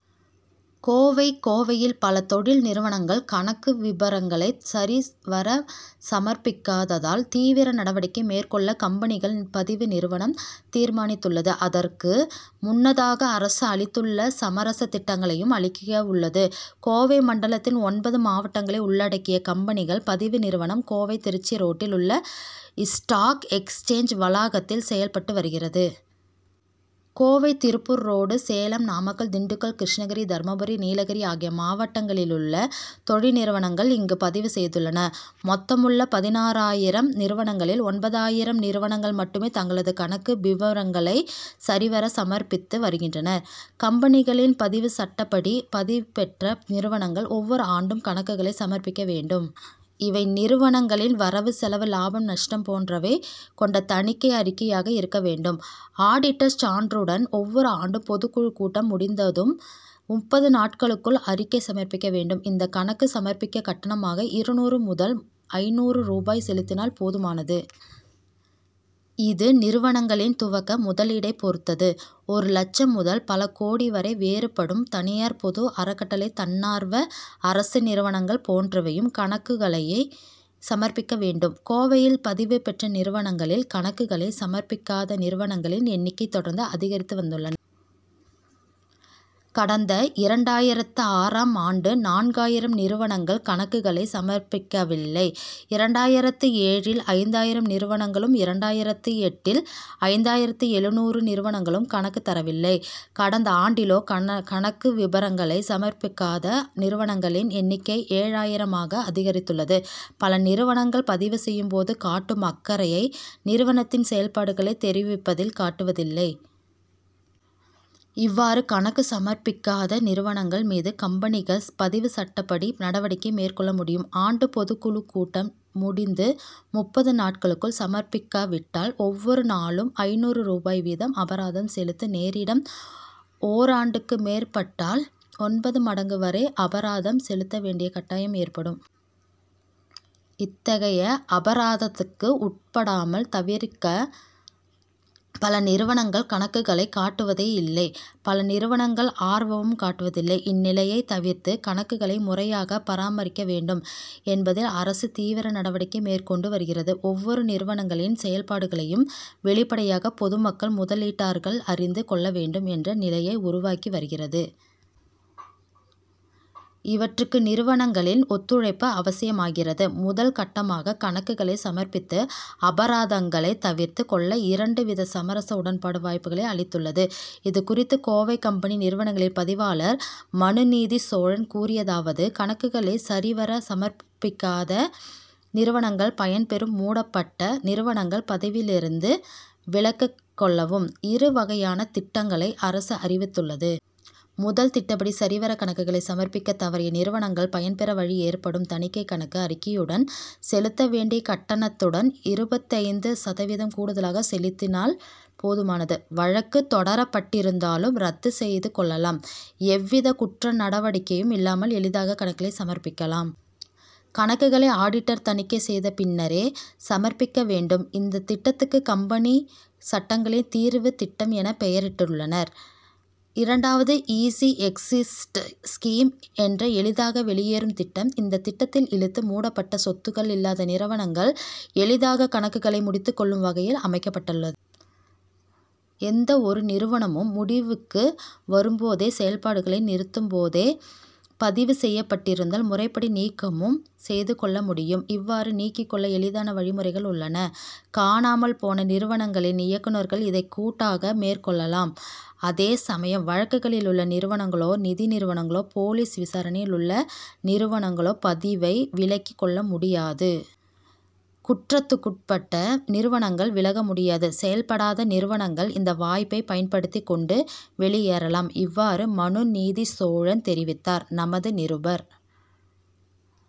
கோவை கோவையில் பல தொழில் நிறுவனங்கள் கணக்கு விபரங்களை சரிவர சமர்ப்பிக்காததால், தீவிர நடவடிக்கை மேற்கொள்ள கம்பெனிகள் பதிவு நிறுவனம் தீர்மானித்துள்ளது. அதற்கு முன்னதாக, அரசு அளித்துள்ள சமரச திட்டங்களையும் அளிக்கவுள்ளது. கோவை மண்டலத்தில் ஒன்பது மாவட்டங்களை உள்ளடக்கிய, கம்பெனிகள் பதிவு நிறுவனம் கோவை, திருச்சி ரோட்டில் உள்ள ஸ்டாக் எக்சேஞ்ச் வளாகத்தில் செயல்பட்டு வருகிறது. கோவை, திருப்பூர், ஈரோடு, சேலம், நாமக்கல், திண்டுக்கல், கிருஷ்ணகிரி, தர்மபுரி, நீலகிரி ஆகிய மாவட்டங்களிலுள்ள தொழில்நிறுவனங்கள் இங்கு பதிவு செய்துள்ளன. மொத்தமுள்ள பதினாறாயிரம் நிறுவனங்களில், ஒன்பதாயிரம் நிறுவனங்கள் மட்டுமே, தங்களது கணக்கு விபரங்களை சரிவர சமர்ப்பித்து வருகின்றன. கம்பெனிகளின் பதிவு சட்டப்படி, பதிவுபெற்ற நிறுவனங்கள் ஒவ்வொரு ஆண்டும் கணக்குகளை சமர்ப்பிக்க வேண்டும். இவை, நிறுவனங்களின் வரவு செலவு, லாபம், நஷ்டம் போன்றவை கொண்ட தணிக்கை அறிக்கையாக இருக்க வேண்டும். ஆடிட்டர் சான்றுடன், ஒவ்வொரு ஆண்டும் பொதுக்குழு கூட்டம் முடிந்ததும் முப்பது நாட்களுக்குள் அறிக்கை சமர்ப்பிக்க வேண்டும். இந்த கணக்கு சமர்ப்பிக்க கட்டணமாக இருநூறு முதல் ஐந்நூறு ரூபாய் செலுத்தினால் போதுமானது. இது, நிறுவனங்களின் துவக்க முதலீடை பொறுத்தது; ஒரு லட்சம் முதல் பல கோடி வரை வேறுபடும். தனியார், பொது, அறக்கட்டளை, தன்னார்வ அரசு நிறுவனங்கள் போன்றவையும் கணக்குகளை சமர்ப்பிக்க வேண்டும். கோவையில் பதிவு பெற்ற நிறுவனங்களில், கணக்குகளை சமர்ப்பிக்காத நிறுவனங்களின் எண்ணிக்கை தொடர்ந்து அதிகரித்து வந்துள்ளன. கடந்த இரண்டாயிரத்து ஆறாம் ஆண்டு நான்காயிரம் நிறுவனங்கள் கணக்குகளை சமர்ப்பிக்கவில்லை. இரண்டாயிரத்து ஏழில் ஐந்தாயிரம் நிறுவனங்களும், இரண்டாயிரத்து எட்டில் ஐந்தாயிரத்து எழுநூறு நிறுவனங்களும் கணக்கு தரவில்லை. கடந்த ஆண்டிலோ, கணக்கு விபரங்களை சமர்ப்பிக்காத நிறுவனங்களின் எண்ணிக்கை ஏழாயிரம் ஆக அதிகரித்துள்ளது. பல நிறுவனங்கள், பதிவு செய்யும் போது காட்டும் அக்கறையை, நிறுவனத்தின் செயல்பாடுகளை தெரிவிப்பதில் காட்டுவதில்லை. இவ்வாறு கணக்கு சமர்ப்பிக்காத நிறுவனங்கள் மீது, கம்பெனிகள் பதிவுச்சட்டப்படி நடவடிக்கை மேற்கொள்ள முடியும். ஆண்டு பொதுக்குழுக் கூட்டம் முடிந்து முப்பது நாட்களுக்குள் சமர்ப்பிக்காவிட்டால், ஒவ்வொரு நாளும் ஐந்நூறு ரூபாய் வீதம் அபராதம் செலுத்த நேரிடும். ஓராண்டுக்கு மேற்பட்டால், ஒன்பது மடங்கு வரை அபராதம் செலுத்த வேண்டிய கட்டாயம் ஏற்படும். இத்தகைய அபராதத்துக்கு உட்படாமல் தவிர்க்க, பல நிறுவனங்கள் கணக்குகளை காட்டுவதே இல்லை. பல நிறுவனங்கள், ஆர்வமும் காட்டுவதில்லை. இந்நிலையை தவிர்த்து, கணக்குகளை முறையாக பராமரிக்க வேண்டும் என்பதில் அரசு தீவிர நடவடிக்கை மேற்கொண்டு வருகிறது. ஒவ்வொறு நிறுவனங்களின் செயல்பாடுகளையும் வெளிப்படையாக பொதுமக்கள், முதலீட்டாளர்கள் அறிந்து கொள்ள வேண்டும் என்ற நிலையை உருவாக்கி வருகிறது. இவற்றுக்கு நிறுவனங்களின் ஒத் துழைப்பு அவசியமாகிறது. முதல் கட்டமாக கணக்குகளை சமர்ப்பித்து, அபராதங்களை தவிர்த்துக் கொள்ள இரண்டு வித சமரச உடன்பாடு, வாய்ப்புகளை அளித்துள்ளது. இதுகுறித்து, கோவை கம்பெனி நிறுவனங்களின் பதிவாளர் மனுநீதிச்சோழன் கூறியதாவது கணக்குகளை சரிவர சமர்ப்பிக்காத நிறுவனங்கள் பயன்பெறவும், மூடப்பட்ட நிறுவனங்கள் பதிவிலிருந்து விலகிக்கொள்ளவும் இரு வகையான திட்டங்களை அரசு அறிவித்துள்ளது. முதல் திட்டப்படி, சரிவர கணக்குகளை சமர்ப்பிக்க தவறிய நிறுவனங்கள் பயன்பெற வழி ஏற்படும். தணிக்கை கணக்கு அறிக்கையுடன், செலுத்த வேண்டிய கட்டணத்துடன் இருபத்தைந்து சதவீதம் கூடுதலாக செலுத்தினால் போதுமானது. வழக்கு தொடரப்பட்டிருந்தாலும், ரத்து செய்து கொள் ளலாம். எவ்வித குற்ற நடவடிக்கையும் இல்லாமல், எளிதாக கணக்குகளை சமர்ப்பிக்கலாம். கணக்குகளை, ஆடிட்டர் தணிக்கை செய்த பின்னரே சமர்ப்பிக்க வேண்டும். இந்த திட்டத்துக்கு, கம்பெனி சட்டங்களின் தீர்வு திட்டம் என பெயரிட்டுள்ளனர். இரண்டாவது ஈஸி எக்ஸிஸ்ட் ஸ்கீம் என்ற எளிதாக வெளியேறும் திட்டம். இந்த திட்டத்தில், இழுத்து மூடப்பட்ட, சொத்துக்கள் இல்லாத நிறுவனங்கள், எளிதாக கணக்குகளை முடித்துக் கொள்ளும் வகையில் அமைக்கப்பட்டுள்ளது. எந்த ஒரு நிறுவனமும் முடிவுக்கு வரும்போதோ, செயல்பாடுகளை நிறுத்தும்போதோ பதிவு செய்யப்பட்டிருந்தால் முறைப்படி நீக்கமும் செய்து கொள்ள முடியும். இவ்வாறு நீக்கிக் கொள்ள எளிதான வழிமுறைகள் உள்ளன. காணாமல் போன நிறுவனங்களின் இயக்குனர்கள் இதை கூட்டாக மேற்கொள்ளலாம். அதேசமயம், வழக்குகளில் உள்ள நிறுவனங்களோ, நிதி நிறுவனங்களோ, போலீஸ் விசாரணையில் உள்ள நிறுவனங்களோ பதிவை விலக்கிக் கொள்ள முடியாது. குற்றத்துக்குட்பட்ட நிறுவனங்கள், விலக முடியாது. செயல்படாத நிறுவனங்கள், இந்த வாய்ப்பை பயன்படுத்திக் கொண்டு வெளியேறலாம். இவ்வாறு, மனுநீதிச்சோழன் தெரிவித்தார். நமது நிருபர்